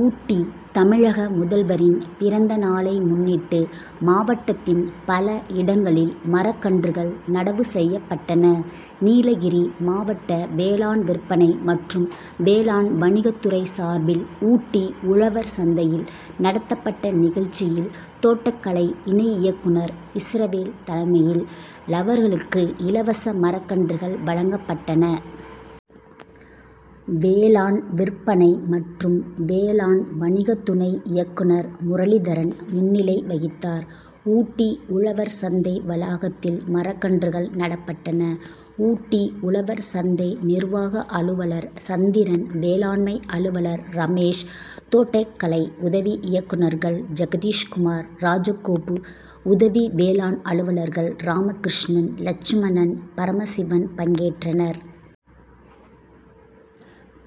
ஊட்டி தமிழக முதல்வரின் பிறந்தநாளை முன்னிட்டு மாவட்டத்தின் பல இடங்களில் மரக்கன்றுகள் நடவு செய்யப்பட்டன. நீலகிரி மாவட்ட வேளாண் விற்பனை மற்றும் வேளாண் வணிகத் துறை சார்பில் ஊட்டி உழவர் சந்தையில் நடத்தப்பட்ட நிகழ்ச்சியில் தோட்டக்கலை இணை இயக்குனர் இஸ்ரவேல் தலைமையில் ழவர்களுக்கு இலவச மரக்கன்றுகள் வழங்கப்பட்டன. வேளாண் விற்பனை மற்றும் வேளாண் வணிக துணை இயக்குனர் முரளிதரன் முன்னிலை வகித்தார். ஊட்டி உழவர் சந்தை வளாகத்தில் மரக்கன்றுகள் நடப்பட்டன. ஊட்டி உழவர் சந்தை நிர்வாக அலுவலர் சந்திரன் வேளாண்மை அலுவலர் ரமேஷ் தோட்டக்கலை உதவி இயக்குனர்கள் ஜெகதீஷ்குமார் ராஜகோபு உதவி வேளாண் அலுவலர்கள் ராமகிருஷ்ணன் லட்சுமணன் பரமசிவன் பங்கேற்றனர்.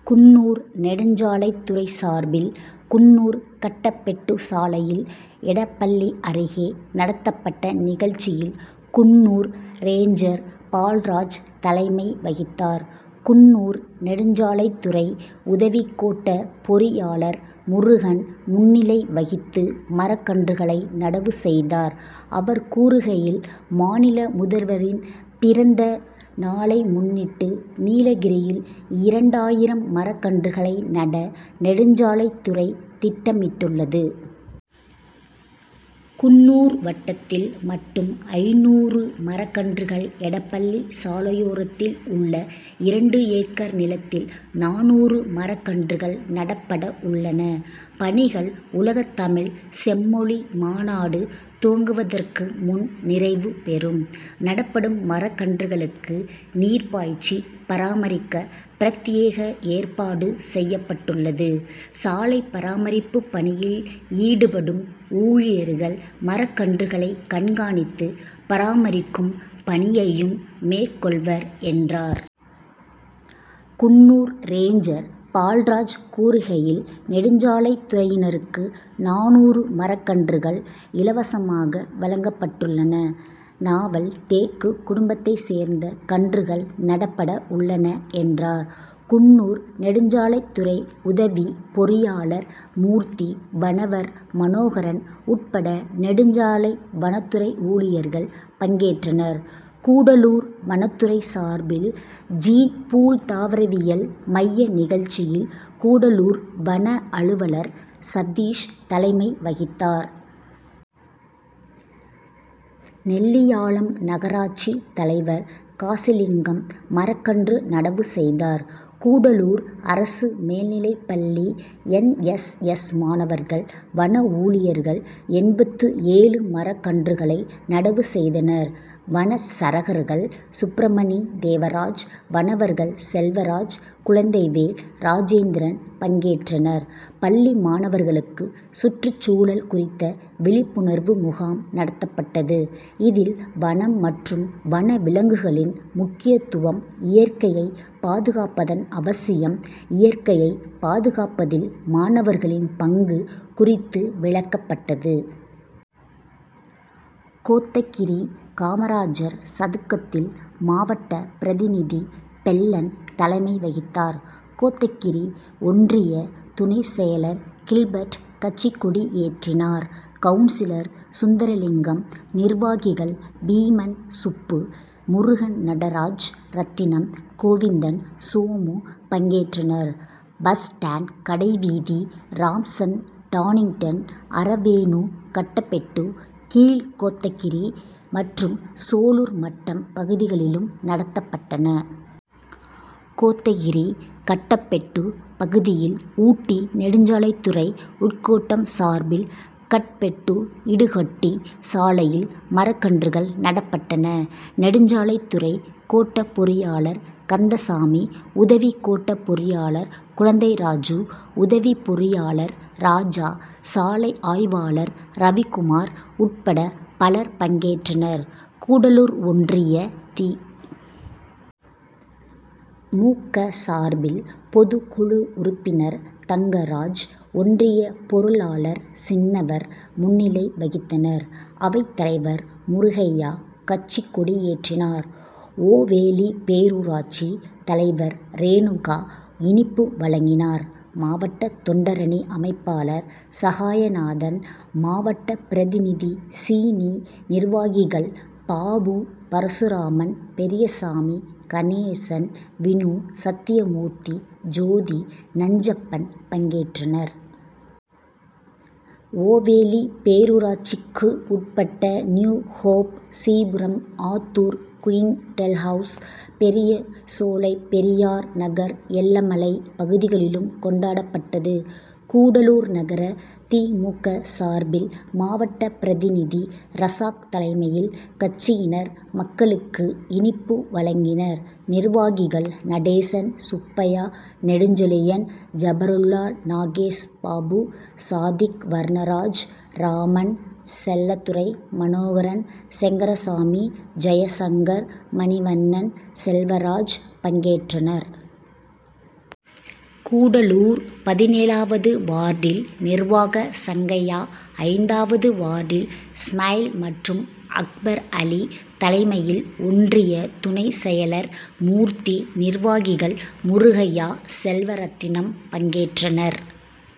குன்னூர் நெடுஞ்சாலைத் துறை சார்பில் குன்னூர் கட்டபெட்டு சாலையில் எடப்பள்ளி அருகே நடத்தப்பட்ட நிகழ்ச்சியில் குன்னூர் ரேஞ்சர் பால்ராஜ் தலைமை வகித்தார். குன்னூர் நெடுஞ்சாலைத் துறை உதவி கோட்டப் பொறியாளர் முருகன் முன்னிலை வகித்து மரக்கன்றுகளை நடவு செய்தார். அவர் கூறுகையில் மாநில முதல்வரின் பிறந்த நாளை முன்னிட்டு நீலகிரியில் இரண்டாயிரம் மரக்கன்றுகளை நட நெடுஞ்சாலைத் துறை திட்டமிட்டுள்ளது. குன்னூர் வட்டத்தில் மட்டும் ஐந்நூறு மரக்கன்றுகள் எடப்பள்ளி சாலையோரத்தில் உள்ள இரண்டு ஏக்கர் நிலத்தில் நானூறு மரக்கன்றுகள் நடப்பட உள்ளன பணிகள் உலகத் தமிழ் செம்மொழி மாநாடு துவங்குவதற்கு முன் நிறைவு பெறும். நடப்படும் மரக்கன்றுகளுக்கு நீர் பாய்ச்சி பராமரிக்க பிரத்யேக ஏற்பாடு செய்யப்பட்டுள்ளது. சாலைப் பராமரிப்புப் பணியில் ஈடுபடும் ஊழியர்கள் மரக்கன்றுகளை கண்காணித்து பராமரிக்கும் பணியையும் மேற்கொள்வர் என்றார். குன்னூர் ரேஞ்சர் பால்ராஜ் கூறுகையில் நெடுஞ்சாலைத் துறையினருக்கு நானூறு மரக்கன்றுகள் இலவசமாக வழங்கப்பட்டுள்ளன. நாவல் தேக்கு குடும்பத்தை சேர்ந்த கன்றுகள் நடப்பட உள்ளன என்றார். குன்னூர் நெடுஞ்சாலைத் துறை உதவி பொறியாளர் மூர்த்தி வனவர் மனோகரன் உட்பட நெடுஞ்சாலை வனத்துறை ஊழியர்கள் பங்கேற்றனர். கூடலூர் வனத்துறை சார்பில் ஜீன்பூல் தாவரவியல் மைய நிகழ்ச்சியில் கூடலூர் வன அலுவலர் சதீஷ் தலைமை வகித்தார். நெல்லியாளம் நகராட்சி தலைவர் காசிலிங்கம் மரக்கன்று நடவு செய்தார். கூடலூர் அரசு மேல்நிலைப் பள்ளி என். எஸ். எஸ். மாணவர்கள் வன ஊழியர்கள் எண்பத்து ஏழு மரக் கன்றுகளை நடவு செய்தனர். வனச்சரகர்கள் சுப்ரமணி தேவராஜ் வனவர்கள் செல்வராஜ் குழந்தைவேல் ராஜேந்திரன் பங்கேற்றனர். பள்ளி மாணவர்களுக்கு சுற்றுச்சூழல் குறித்த விழிப்புணர்வு முகாம் நடத்தப்பட்டது இதில் வனம் மற்றும் வன விலங்குகளின் முக்கியத்துவம் இயற்கையை பாதுகாப்பதன் அவசியம் இயற்கையை பாதுகாப்பதில் மாணவர்களின் பங்கு குறித்து விளக்கப்பட்டது. கோத்தகிரி காமராஜர் சதுக்கத்தில் மாவட்ட பிரதிநிதி பெள்ளன் தலைமை வகித்தார். கோத்தகிரி ஒன்றிய துணை செயலர் கில்பர்ட் கட்சிக் கொடியேற்றினார். கவுன்சிலர் சுந்தரலிங்கம் நிர்வாகிகள் பீமன் சுப்பு முருகன் நடராஜ் ரத்தினம் கோவிந்தன் சோமு பங்கேற்றனர். பஸ் ஸ்டாண்ட் கடைவீதி ராம்சந்த் டானிங்டன் அரவேனு கட்டபெட்டு கீழ்கோத்தகிரி மற்றும் சோலூர்மட்டம் பகுதிகளிலும் நடத்தப்பட்டன. கோத்தகிரி கட்டபெட்டு பகுதியில் ஊட்டி நெடுஞ்சாலைத் துறை உட்கோட்டம் சார்பில் கட்பெட்டு இடுஹட்டி சாலையில் மரக்கன்றுகள் நடப்பட்டன. நெடுஞ்சாலைத் துறை கோட்ட பொறியாளர் கந்தசாமி உதவி கோட்டப் பொறியாளர் குழந்தைராஜு உதவி பொறியாளர் ராஜா சாலை ஆய்வாளர் ரவிக்குமார் உட்பட பலர் பங்கேற்றனர். கூடலூர் ஒன்றிய தி. மு. க. சார்பில் பொதுக்குழு உறுப்பினர் தங்கராஜ் ஒன்றிய பொருளாளர் சின்னவர் முன்னிலை வகித்தனர். அவைத் தலைவர் முருகையா கட்சிக் கொடியேற்றினார். ஓவேலி பேரூராட்சி தலைவர் ரேணுகா இனிப்பு வழங்கினார். மாவட்ட தொண்டரணி அமைப்பாளர் சகாயநாதன் மாவட்ட பிரதிநிதி சீனி நிர்வாகிகள் பாபு பரசுராமன் பெரியசாமி கணேசன் வினு சத்யமூர்த்தி ஜோதி நஞ்சப்பன் பங்கேற்றனர். ஓவேலி பேரூராட்சிக்கு உட்பட்ட நியூஹோப் சீபுரம் ஆத்தூர் குயிண்ட் டெல்ஹவுஸ் பெரியசோலை பெரியார் நகர் எல்லமலை பகுதிகளிலும் கொண்டாடப்பட்டது. கூடலூர் நகர தி. மு. க. சார்பில் மாவட்ட பிரதிநிதி ரசாக் தலைமையில் கட்சியினர் மக்களுக்கு இனிப்பு வழங்கினர். நிர்வாகிகள் நடேசன் சுப்பையா நெடுஞ்செழியன் ஜபருல்லா நாகேஷ் பாபு சாதிக் வர்ணராஜ் ராமன் செல்லதுரை மனோகரன் செங்கரசாமி ஜெயசங்கர் மணிவண்ணன் செல்வராஜ் பங்கேற்றனர். கூடலூர் பதினேழாவது வார்டில் நிர்வாக சங்கையா ஐந்தாவது வார்டில் ஸ்மைல் மற்றும் அக்பர் அலி தலைமையில் ஒன்றிய துணை செயலர் மூர்த்தி நிர்வாகிகள் முருகையா செல்வரத்தினம் பங்கேற்றனர்.